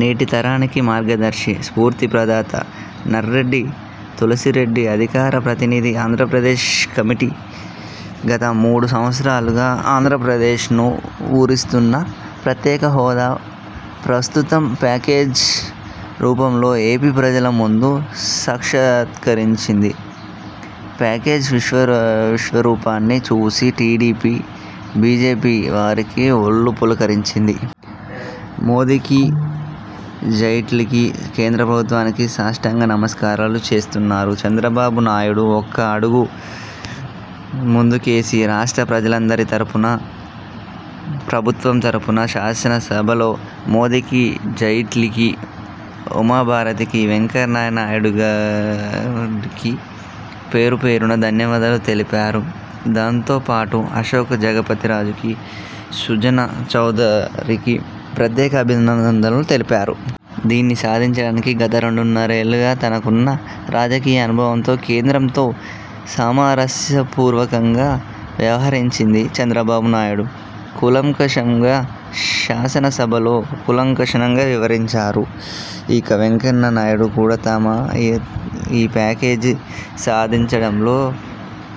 నేటి తరానికి మార్గదర్శి, స్ఫూర్తి ప్రదాత. నర్రెడ్డి తులసిరెడ్డిఅధికార ప్రతినిధి, ఆంధ్రప్రదేశ్ కమిటీ। గత మూడు సంవత్సరాలుగా ఆంధ్రప్రదేశ్ను ఊరిస్తున్న ప్రత్యేక హోదా ప్రస్తుతం ''ప్యాకేజీ'' రూపంలో ఏపీ ప్రజల ముందు సాక్షాత్కరించింది. ప్యాకేజీ విశ్వరూపాన్ని చూసి టీడీపీ- – బీజేపీ వారికి వొళ్ళు పులకరించింది. మోదీకి-, జైట్లీకి,- కేంద్ర ప్రభుత్వానికి సాష్టాంగ నమస్కారాలు చేస్తున్నారు. చంద్రబాబు నాయుడు ఒక అడుగు ముందుకేసి, రాష్ట్ర ప్రజలందరి తరపున, ప్రభుత్వం తరపున- శాసనసభలో -మోదీకి, జైట్లీకి, ఉమాభారతికి, వెంకయ్యనాయుడుకి పేరుపేరునా ధన్యవాదాలు తెలిపారు. దాంతోపాటు అశోక్ గజపతి రాజుకి, సుజనా చౌదరికి ప్రత్యేకంగా అభినందనలు తెలిపారు. దీన్ని సాధించడానికి గత రెండున్నరేళ్లుగా తనకున్న రాజకీయ అనుభవంతో కేంద్రంతో సామరస్యపూర్వకంగా వ్యవహరించిందీ చంద్రబాబు నాయుడు కూలంకషంగా శాసనసభలో కూలంకషంగా వివరించారు. ఇక వెంకయ్య నాయుడు కూడా, ఈ ప్యాకేజీ సాధించడంలో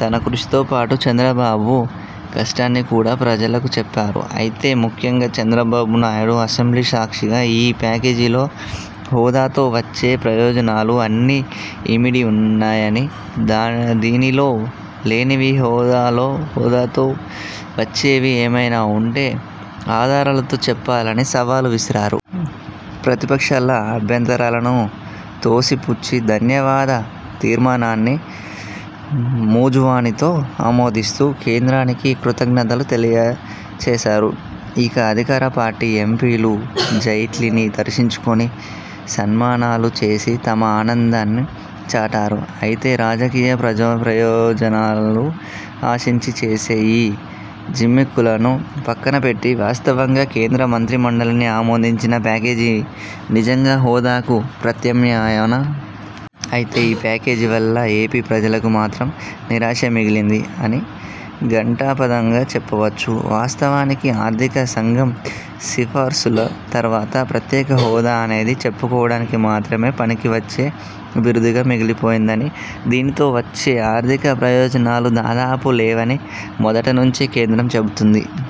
తన కృషితో పాటు చంద్రబాబు కష్టాన్ని కూడా ప్రజలకు చెప్పారు. అయితే ముఖ్యంగా చంద్రబాబు నాయుడు అసెంబ్లీ సాక్షిగా ఈ ప్యాకేజీలో హోదాతో వచ్చే ప్రయోజనాలు అన్నీ ఇమిడి ఉన్నాయని, దీనిలో లేనివి హోదాతో వచ్చేవి ఏవైనా ఉంటే ఆధారాలతో చెప్పాలని సవాలు విసిరారు. ప్రతిపక్షాల అభ్యంతరాలను తోసిపుచ్చి ధన్యవాద తీర్మానాన్ని మూజువాణితో ఆమోదిస్తూ- కేంద్రానికి కృతజ్ఞతలు తెలియచేసారు. ఇక అధికార పార్టీ ఎంపీలు జైట్లీని దర్శించుకొని -సన్మానాలు చేసి తమ ఆనందాన్ని చాటారు. అయితే రాజకీయ ప్రయోజనాలు ఆశించి చేసే ఈ జిమ్మిక్కులను పక్కన పెట్టి వాస్తవంగా కేంద్ర మంత్రిమండలి ఆమోదించిన ప్యాకేజీ నిజంగా హోదాకు ప్రత్యామ్నాయమా? అయితే ఈ ప్యాకేజీ వల్ల ఏపీ ప్రజలకు మాత్రం నిరాశే మిగిలింది అని ఘంటాపథంగా చెప్పవచ్చు. వాస్తవానికి ఆర్థిక సంఘం సిఫార్సుల తరువాత- ప్రత్యేక హోదా అనేది -చెప్పుకోవడానికి మాత్రమే పనికి వచ్చే బిరుదుగానే మిగిలిపోతుందనీ,- దీనితో వచ్చే ఆర్థిక ప్రయోజనాలు దాదాపు లేవని మొదటి నుంచి కేంద్రం చెబుతోంది.